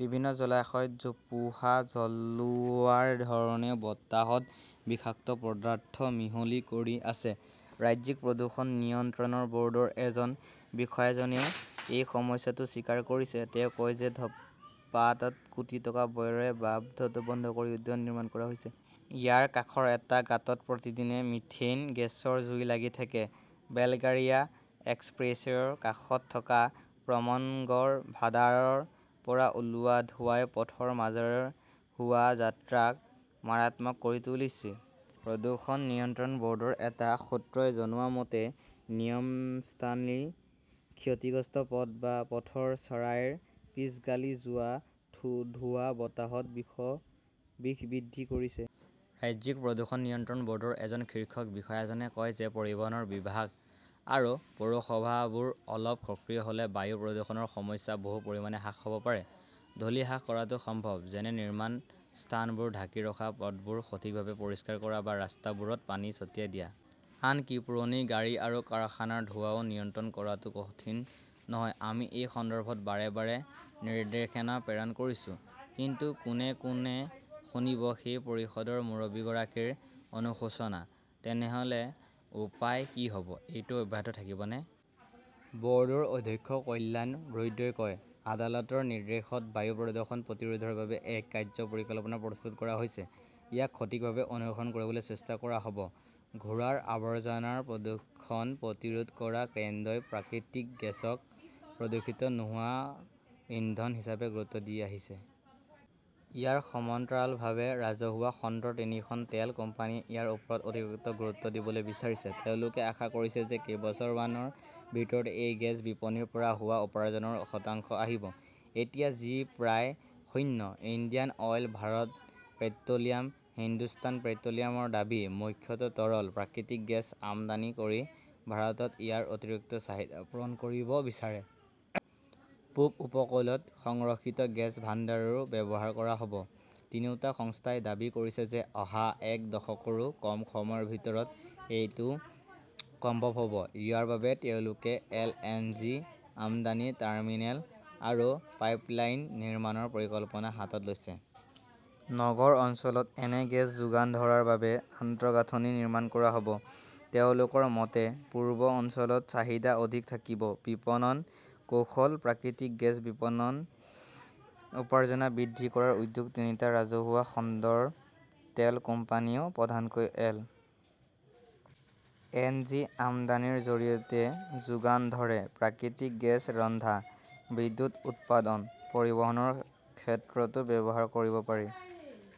বিভিন্ন জলাশয়ত জোপোহা জ্বলোৱাৰ ধৰণেও বতাহত বিষাক্ত পদাৰ্থ মিহলি কৰি আছে। ৰাজ্যিক প্ৰদূষণ নিয়ন্ত্ৰণ বৰ্ডৰ এজন বিষয়াজনেও এই সমস্যাটো স্বীকাৰ কৰিছে। তেওঁ কয় যে ধপাতাত কোটি টকা ব্যয়েৰে ভাৱাড বন্ধ কৰি উদ্যান নিৰ্মাণ কৰা হৈছে। ইয়াৰ কাষৰ এটা গাঁতত প্ৰতিদিনে মিথেন গেছৰ জুই লাগি থাকে। বেলগাৰিয়া এক্সপ্ৰেছৱেৰ কাষত থকা প্ৰমনগৰ ভাদাৰৰ পৰা ওলোৱা ধোঁৱাই পথৰ মাজেৰে হোৱা যাত্ৰাক মাৰাত্মক কৰি তুলিছিল। প্ৰদূষণ নিয়ন্ত্ৰণ বৰ্ডৰ এটা সূত্ৰই জনোৱা মতে, নিয়মস্থালী, ক্ষতিগ্ৰস্ত পথ বা পথৰ চাৰাইৰ পিচ গলি যোৱা ধোঁৱাও বতাহত বিষ বৃদ্ধি কৰিছে। ৰাজ্যিক প্ৰদূষণ নিয়ন্ত্ৰণ বৰ্ডৰ এজন শীৰ্ষ বিষয়াজনে কয় যে পৰিবহণ বিভাগ আৰু পৌৰসভাবোৰ অলপ সক্ৰিয় হলে বায়ু প্ৰদূষণৰ সমস্যা বহু পৰিমাণে হ্ৰাস হব পাৰে। ধুলি হ্ৰাস কৰাটো সম্ভৱ, যেনে নিৰ্মাণ স্থানবোৰ ঢাকি ৰখা, পথবোৰ সঠিকভাৱে পৰিষ্কাৰ কৰা বা ৰাস্তাবোৰত পানী ছটিয়াই দিয়া। আনকি পুৰণি গাড়ী আৰু কাৰখানাৰ ধোঁৱাও নিয়ন্ত্ৰণ কৰাটো কঠিন নহয়। আমি এই সন্দৰ্ভত বাৰে বাৰে নিৰ্দেশনা প্ৰেৰণ কৰিছো। কিন্তু কোনে কোনে শুনিব, সেই পৰিষদৰ মুৰব্বীগৰাকীৰ অনুশোচনা। তেনেহলে উপায় কি হব? এইটো অব্যাহত থাকিবনে? বৰ্ডৰ অধ্যক্ষ কল্যাণ ৰুদ্ৰই কয়, আদালতৰ নিৰ্দেশত বায়ু প্ৰদূষণ প্ৰতিৰোধৰ বাবে এক কাৰ্য্য পৰিকল্পনা প্ৰস্তুত কৰা হৈছে। ইয়াক সঠিকভাৱে অনুসৰণ কৰিবলৈ চেষ্টা কৰা হব। ঘোঁৰাৰ আৱৰ্জনাৰ প্ৰদূষণ প্ৰতিৰোধ কৰা কেন্দ্ৰই প্ৰাকৃতিক গেছক প্ৰদূষিত নোহোৱা ইন্ধন হিচাপে গুৰুত্ব দি আহিছে। ইয়াৰ সমান্তৰালভাৱে ৰাজহুৱা খণ্ডৰ তিনিখন তেল কোম্পানীয়ে ইয়াৰ ওপৰত অতিৰিক্ত গুৰুত্ব দিবলৈ বিচাৰিছে। তেওঁলোকে আশা কৰিছে যে কেইবছৰমানৰ ভিতৰতে এই গেছ বিপণনৰ পৰা হোৱা উপাৰ্জনৰ শতাংশ আহিব। এতিয়া যি প্ৰায় শূন্য। Indian Oil, Bharat Petroleum, Hindustan পেট্ৰলিয়ামৰ দাবী, মুখ্যতঃ তৰল প্ৰাকৃতিক গেছ আমদানি কৰি ভাৰতত ইয়াৰ অতিৰিক্ত চাহিদা পূৰণ কৰিব বিচাৰে। পূব উপকূলত সংৰক্ষিত গেছ ভাণ্ডাৰো ব্যৱহাৰ কৰা হব। তিনিওটা সংস্থাই দাবী কৰিছে যে অহা এক দশকৰো কম সময়ৰ ভিতৰত এইটো কম্ভৱ হব। ইয়াৰ বাবে তেওঁলোকে এলএনজি আমদানি টাৰ্মিনেল আৰু পাইপলাইন নিৰ্মাণৰ পৰিকল্পনা হাতত লৈছে। নগৰ অঞ্চলত এনে গেছ যোগান ধৰাৰ বাবে আন্তঃগাঁথনি নিৰ্মাণ কৰা হব। তেওঁলোকৰ মতে, পূব অঞ্চলত চাহিদা অধিক থাকিব। বিপণ কৌশল; প্ৰাকৃতিক গেছ বিপণনত উপাৰ্জন বৃদ্ধি কৰাৰ উদ্যোগ তিনিটা ৰাজহুৱা খণ্ডৰ তেল কোম্পানীয়ে প্ৰধানকৈ এল. এন. জি. আমদানিৰ জৰিয়তে যোগান ধৰে। প্ৰাকৃতিক গেছ ৰন্ধা, বিদ্যুৎ উৎপাদন, পৰিবহণৰ ক্ষেত্ৰতো ব্যৱহাৰ কৰিব পাৰি।